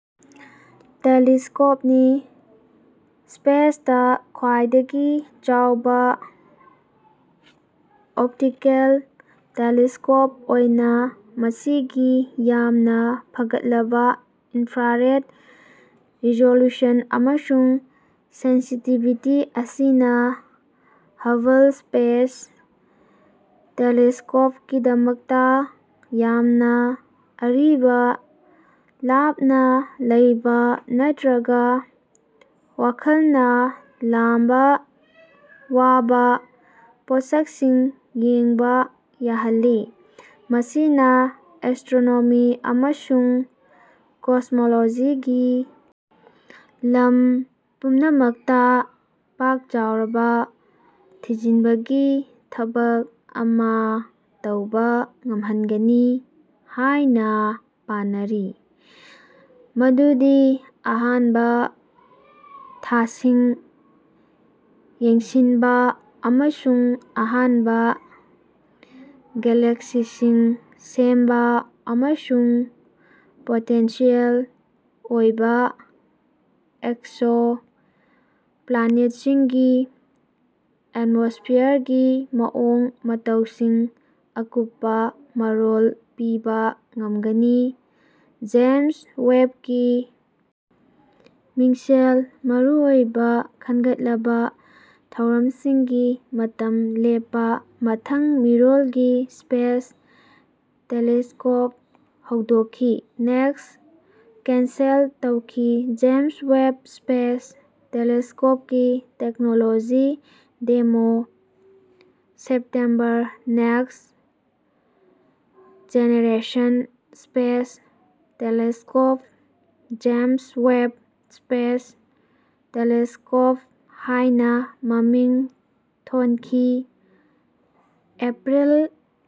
ꯇꯦꯂꯤꯁꯀꯣꯞꯅꯤ꯫ ꯁ꯭ꯄꯦꯁꯇꯥ ꯈ꯭ꯋꯥꯏꯗꯒꯤ ꯆꯥꯎꯕ optical telescope ꯑꯣꯏꯅ ꯃꯁꯤꯒꯤ ꯌꯥꯝꯅ ꯐꯒꯠꯂꯕ ꯏꯟꯐ꯭ꯔꯥꯔꯦꯗ ꯔꯤꯖꯣꯂꯨꯁꯟ ꯑꯃꯁꯨꯡ ꯁꯦꯟꯁꯤꯇꯤꯕꯤꯇꯤ ꯑꯁꯤꯅ ꯍꯕꯜ ꯁ꯭ꯄꯦꯁ ꯇꯦꯂꯤꯁꯀꯣꯞꯀꯤꯗꯃꯛꯇꯥ ꯌꯥꯝꯅ ꯑꯔꯤꯕ ꯂꯥꯞꯅ ꯂꯩꯕ ꯅꯠꯇ꯭ꯔꯒ ꯋꯥꯈꯜꯅ ꯂꯥꯝꯕ ꯋꯥꯕ ꯄꯣꯠꯁꯛꯁꯤꯡ ꯌꯦꯡꯕ ꯌꯥꯍꯜꯂꯤ꯫ ꯃꯁꯤꯅ ꯑꯦꯁꯇ꯭ꯔꯣꯅꯣꯃꯤ ꯑꯃꯁꯨꯡ ꯀꯣꯁꯃꯣꯂꯣꯖꯤꯒꯤ ꯂꯝ ꯄꯨꯝꯅꯃꯛꯇꯥ ꯄꯥꯛ ꯆꯥꯎꯔꯕ ꯊꯤꯖꯤꯟꯕꯒꯤ ꯊꯕꯛ ꯑꯃꯥ ꯇꯧꯕ ꯉꯝꯍꯟꯒꯅꯤ ꯍꯥꯏꯅ ꯄꯥꯅꯔꯤ ꯃꯗꯨꯗꯤ ꯑꯍꯥꯟꯕ ꯊꯥꯁꯤꯡ ꯌꯦꯡꯁꯤꯟꯕ ꯑꯃꯁꯨꯡ ꯑꯍꯥꯟꯕ ꯒꯦꯂꯦꯛꯁꯤꯁꯤꯡ ꯁꯦꯝꯕ ꯑꯃꯁꯨꯡ ꯄꯣꯇꯦꯟꯁꯤꯌꯦꯜ ꯑꯣꯏꯕ ꯑꯦꯛꯁꯣ ꯄ꯭ꯂꯥꯅꯦꯠꯁꯤꯡꯒꯤ ꯑꯦꯠꯃꯣꯁꯐꯤꯌꯔꯒꯤ ꯃꯑꯣꯡ ꯃꯇꯧꯁꯤꯡ ꯑꯀꯨꯞꯄ ꯃꯔꯣꯜ ꯄꯤꯕ ꯉꯝꯒꯅꯤ꯫ ꯖꯦꯝꯁ ꯋꯦꯕꯀꯤ ꯃꯤꯡꯁꯦꯜ ꯃꯔꯨꯑꯣꯏꯕ ꯈꯟꯒꯠꯂꯕ ꯊꯧꯔꯝꯁꯤꯡꯒꯤ ꯃꯇꯝ ꯂꯦꯞꯄ ꯃꯊꯪ ꯃꯤꯔꯣꯜꯒꯤ ꯁ꯭ꯄꯦꯁ ꯇꯦꯂꯤꯁꯀꯣꯞ ꯍꯧꯗꯣꯛꯈꯤ꯫ ꯅꯦꯛꯁꯁ ꯀꯦꯟꯁꯦꯜ ꯇꯧꯈꯤ ꯖꯦꯝꯁ ꯋꯦꯕ ꯁ꯭ꯄꯦꯁ ꯇꯦꯂꯦꯁꯀꯣꯞꯀꯤ technology demo. September next generation space ꯇꯦꯂꯦꯁꯀꯣꯞꯅ ꯖꯦꯝꯁ ꯋꯦꯕ ꯁ꯭ꯄꯦꯁ ꯇꯦꯂꯤꯁꯀꯣꯞ ꯍꯥꯏꯅ ꯃꯃꯤꯡ ꯊꯣꯟꯈꯤ꯫ ꯑꯦꯄ꯭ꯔꯤꯜ